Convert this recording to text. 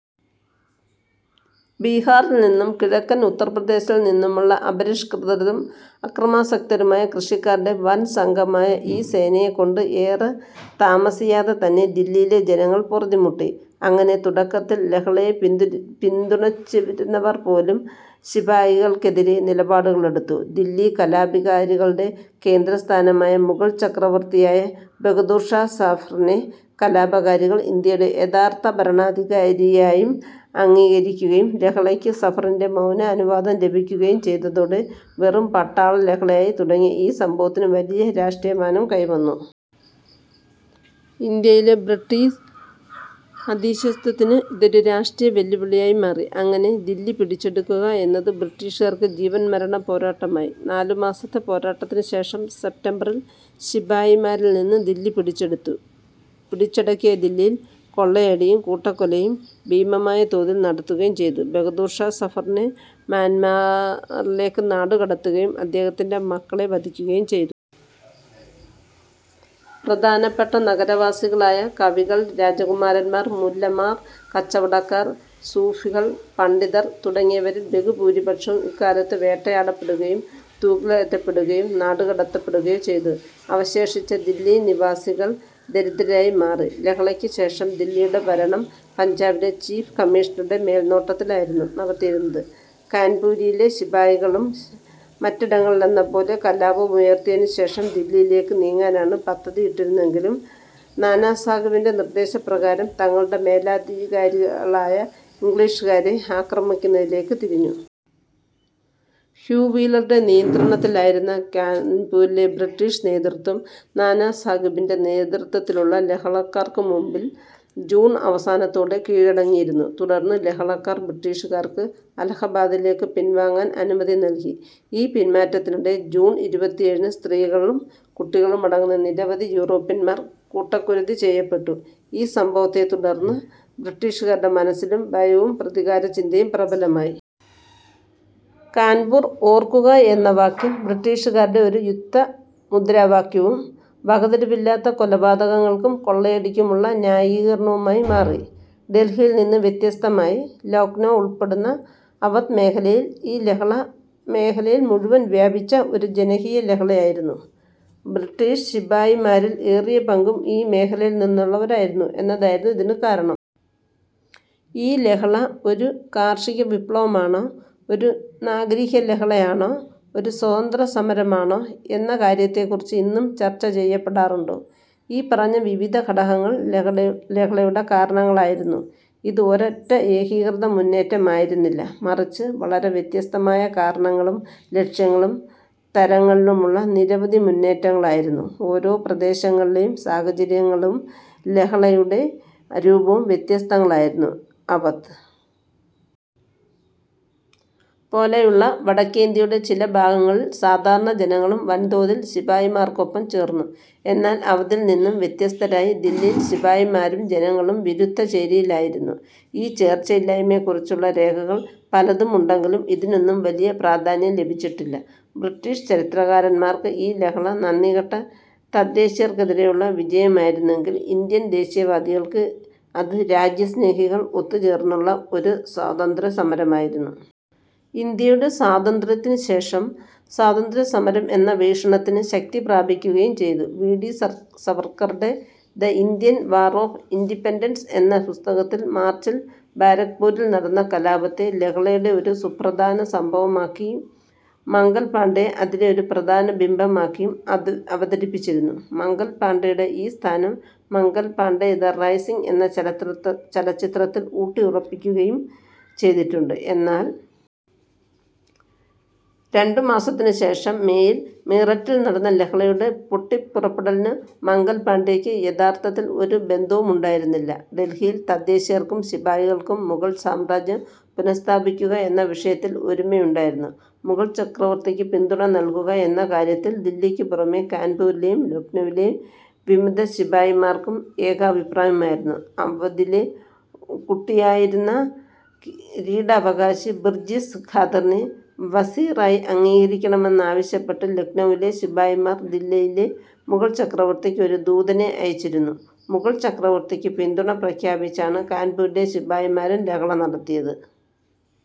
ബിഹാറിൽ നിന്നും കിഴക്കൻ ഉത്തർപ്രദേശിൽനിന്നുമുള്ള അപരിഷ്കൃതരും അക്രമാസക്തരുമായ കൃഷിക്കാരുടെ വൻസംഘമായ ഈ സേനയെക്കൊണ്ട് ഏറെ താമസിയാതെതന്നെ ദില്ലിയിലെ ജനങ്ങൾ പൊറുതിമുട്ടി. അങ്ങനെ തുടക്കത്തിൽ ലഹളയെ പിന്തുണച്ചിരുന്നവർ പോലും ശിപായികൾക്കെതിരായ നിലപാടുകളെടുത്തു. ദില്ലി കലാപകാരികളുടെ കേന്ദ്രസ്ഥാനമായും മുഗൾ ചക്രവർത്തിയായ ബഹദൂർഷാ സഫറിനെ കലാപകാരികൾ ഇന്ത്യയുടെ യഥാർത്ഥ ഭരണാധികാരിയായും അംഗീകരിക്കുകയും ലഹളക്ക് സഫറിൻ്റെ മൗനാനുവാദം ലഭിക്കുകയും ചെയ്തതോടെ വെറും പട്ടാളലഹളയായി തുടങ്ങിയ ഈ സംഭവത്തിന് വലിയ രാഷ്ട്രീയമാനം കൈവന്നു. ഇന്ത്യയിലെ ബ്രിട്ടീഷ് അധീശത്വത്തിന് ഇതൊരു രാഷ്ട്രീയവെല്ലുവിളിയായി മാറി. അങ്ങനെ, ദില്ലി പിടിച്ചടക്കുക എന്നത് ബ്രിട്ടീഷുകാർക്ക് ജീവൻമരണപ്പോരാട്ടമായി. നാലുമാസത്തെ പോരാട്ടത്തിനു ശേഷം സെപ്റ്റംബറിൽ ശിപായിമാരിൽനിന്ന് ദില്ലി പിടിച്ചെടുത്തു. പിടിച്ചടക്കിയ ദില്ലിയിൽ കൊള്ളയടിയും കൂട്ടക്കൊലയും ഭീമമായ തോതിൽ നടത്തുകയും ചെയ്തു. ബഹാദൂർഷാ സഫറിനെ മ്യാൻമറിലേക്ക് നാടുകടത്തുകയും അദ്ദേഹത്തിൻ്റെ മക്കളെ വധിക്കുകയും ചെയ്തു. പ്രധാനപ്പെട്ട നഗരവാസികളായ കവികൾ, രാജകുമാരന്മാർ, മുല്ലമാർ, കച്ചവടക്കാർ, സൂഫികൾ, പണ്ഡിതർ തുടങ്ങിയവരിൽ ബഹുഭൂരിപക്ഷവും ഇക്കാലത്ത് വേട്ടയാടപ്പെടുകയും തൂക്കിലേറ്റപ്പെടുകയോ നാടുകടത്തപ്പെടുകയോ ചെയ്തു. അവശേഷിച്ച ദില്ലി നിവാസികൾ ദരിദ്രരായി മാറി. ലഹളയ്ക്കുശേഷം ദില്ലിയുടെ ഭരണം പഞ്ചാബിലെ ചീഫ് കമ്മീഷണറുടെ മേൽനോട്ടത്തിലായിരുന്നു നടത്തിയിരുന്നത്. കാൻപൂരിലെ ശിപായികളും മറ്റിടങ്ങളിലെന്നപോലെ കലാപമുയർത്തിയതിനുശേഷം ദില്ലിയിലേക്ക് നീങ്ങാനാണ് പദ്ധതിയിട്ടിരുന്നതെങ്കിലും, നാനാസാഹിബിൻ്റെ നിർദ്ദേശപ്രകാരം തങ്ങളുടെ മേലധികാരികളായ ഇംഗ്ലീഷുകാരെ ആക്രമിക്കുന്നതിലേക്ക് തിരിഞ്ഞു. ഹ്യൂ വീലറുടെ നിയന്ത്രണത്തിലായിരുന്ന കാൻപൂരിലെ ബ്രിട്ടീഷ് നേതൃത്വം, നാനാസാഹിബിൻ്റെ നേതൃത്വത്തിലുള്ള ലഹളക്കാർക്കുമുമ്പിൽ ജൂൺ അവസാനത്തോടെ കീഴടങ്ങിയിരുന്നു. തുടർന്ന് ലഹളക്കാർ ബ്രിട്ടീഷുകാർക്ക് അലഹബാദിലേക്ക് പിൻവാങ്ങാൻ അനുമതി നൽകി. ഈ പിൻമാറ്റത്തിനിടെ ജൂൺ ഇരുപത്തിയേഴിന് സ്ത്രീകളും കുട്ടികളുമടങ്ങുന്ന നിരവധി യൂറോപ്യന്മാർ കൂട്ടക്കുരുതി ചെയ്യപ്പെട്ടു.ഈ സംഭവത്തെത്തുടർന്ന് ബ്രിട്ടീഷുകാരുടെ മനസ്സിലും ഭയവും പ്രതികാരചിന്തയും പ്രബലമായി. കാൻപൂർ ഓർക്കുക എന്ന വാക്യം ബ്രിട്ടീഷുകാരുടെ ഒരു യുദ്ധമുദ്രാവാക്യവും, വകതിരിവില്ലാത്ത കൊലപാതകങ്ങൾക്കും കൊള്ളയടിക്കുമുള്ള ന്യായീകരണവുമായി മാറി. ഡൽഹിയിൽ നിന്നും വ്യത്യസ്തമായി, ലക്നൗ ഉൾപ്പെടുന്ന അവധ് മേഖലയിൽ ഈ ലഹള മേഖലയിൽ മുഴുവനും വ്യാപിച്ച ഒരു ജനകീയലഹളയായിരുന്നു. ബ്രിട്ടീഷ് ശിപായിമാരിൽ ഏറിയ പങ്കും ഈ മേഖലയിൽനിന്നുള്ളവരായിരുന്നു എന്നതായിരുന്നു ഇതിന് കാരണം. ഈ ലഹള ഒരു കാർഷികവിപ്ലവമാണോ, ഒരു നാഗരികലഹളയാണോ, ഒരു സ്വാതന്ത്ര്യ സമരമാണോ എന്ന കാര്യത്തെക്കുറിച്ച് ഇന്നും ചർച്ച ചെയ്യപ്പെടാറുണ്ട്. ഈ പറഞ്ഞ വിവിധ ഘടകങ്ങൾ ലഹളയുടെ കാരണങ്ങളായിരുന്നു. ഇത് ഒരൊറ്റ ഏകീകൃത മുന്നേറ്റമായിരുന്നില്ല, മറിച്ച് വളരെ വ്യത്യസ്തമായ കാരണങ്ങളും ലക്ഷ്യങ്ങളും തരങ്ങളിലുമുള്ള നിരവധി മുന്നേറ്റങ്ങളായിരുന്നു. ഓരോ പ്രദേശങ്ങളിലെയും സാഹചര്യങ്ങളും ലഹളയുടെ രൂപവും വ്യത്യസ്തങ്ങളായിരുന്നു. അവധ് പോലെയുള്ള വടക്കേയിന്ത്യയുടെ ചില ഭാഗങ്ങളിൽ സാധാരണ ജനങ്ങളും വൻതോതിൽ ശിപായിമാർക്കൊപ്പം ചേർന്നു. എന്നാൽ അവധിൽനിന്ന് വ്യത്യസ്തമായി ദില്ലിയിൽ ശിപായിമാരും ജനങ്ങളും വിരുദ്ധചേരിയിലായിരുന്നു. ഈ ചേർച്ചയില്ലായ്മയെക്കുറിച്ചുള്ള രേഖകൾ പലതുമുണ്ടെങ്കിലും ഇതിനൊന്നും വലിയ പ്രാധാന്യം ലഭിച്ചിട്ടില്ല. ബ്രിട്ടീഷ് ചരിത്രകാരന്മാർക്ക് ഈ ലഹള നന്ദികെട്ട തദ്ദേശീയർക്കെതിരെയുള്ള വിജയമായിരുന്നെങ്കിൽ, ഇന്ത്യൻ ദേശീയവാദികൾക്ക് അത് രാജ്യസ്നേഹികൾ ഒത്തുചേർന്നുള്ള ഒരു സ്വാതന്ത്ര്യസമരമായിരുന്നു. ഇന്ത്യയുടെ സ്വാതന്ത്ര്യത്തിനുശേഷം സ്വാതന്ത്ര്യസമരം എന്ന വീക്ഷണത്തിന് ശക്തിപ്രാപിക്കുകയും ചെയ്തു. വി ഡി സവർക്കറുടെ the Indian war of independence എന്ന പുസ്തകത്തിൽ മാർച്ചിൽ ബാരക്ക്പൂരിൽ നടന്ന കലാപത്തെ ലഹളയുടെ ഒരു സുപ്രധാന സംഭവമാക്കിയും മംഗൽ പാണ്ഡെയെ അതിലെ ഒരു പ്രധാന ബിംബമാക്കിയും അവതരിപ്പിച്ചിരുന്നു. മംഗൽ പാണ്ഡെയുടെ ഈ സ്ഥാനം മംഗൽ പാണ്ഡെ ദ റൈസിങ് എന്ന ചലച്ചിത്രത്തിൽ ഊട്ടിയുറപ്പിക്കുകയും ചെയ്തിട്ടുണ്ട്. എന്നാൽ രണ്ടു മാസത്തിനുശേഷം മേയിൽ മീററ്റിൽ നടന്ന ലഹളയുടെ പൊട്ടിപ്പുറപ്പെടലിന് മംഗൽ പാണ്ഡെയ്ക്ക് യഥാർത്ഥത്തിൽ ഒരു ബന്ധവുമുണ്ടായിരുന്നില്ല. ഡെൽഹിയിൽ തദ്ദേശീയർക്കും ശിപായികൾക്കും മുഗൾ സാമ്രാജ്യം പുനഃസ്ഥാപിക്കുക എന്ന വിഷയത്തിൽ ഒരുമയുണ്ടായിരുന്നു. മുഗൾ ചക്രവർത്തിക്ക് പിന്തുണ നൽകുക എന്ന കാര്യത്തിൽ ദില്ലിക്കുപുറമേ കാൻപൂരിലെയും ലക്നൗവിലെയും വിമതശിപായിമാർക്കും ഏകാഭിപ്രായമായിരുന്നു. അവധിലെ കുട്ടിയായിരുന്ന കിരീടാവകാശി ബിർജിസ് ഖാദിറിനെ വസീറായി അംഗീകരിക്കണമെന്നാവശ്യപ്പെട്ട് ലക്നൗവിലെ ശിപായിമാർ ദില്ലിയിലെ മുഗൾ ചക്രവർത്തിക്ക് ഒരു ദൂതനെ അയച്ചിരുന്നു. മുഗൾ ചക്രവർത്തിക്ക് പിന്തുണ പ്രഖ്യാപിച്ചാണ് കാൻപൂരിലെ ശിപായിമാരും ലഹള നടത്തിയത്.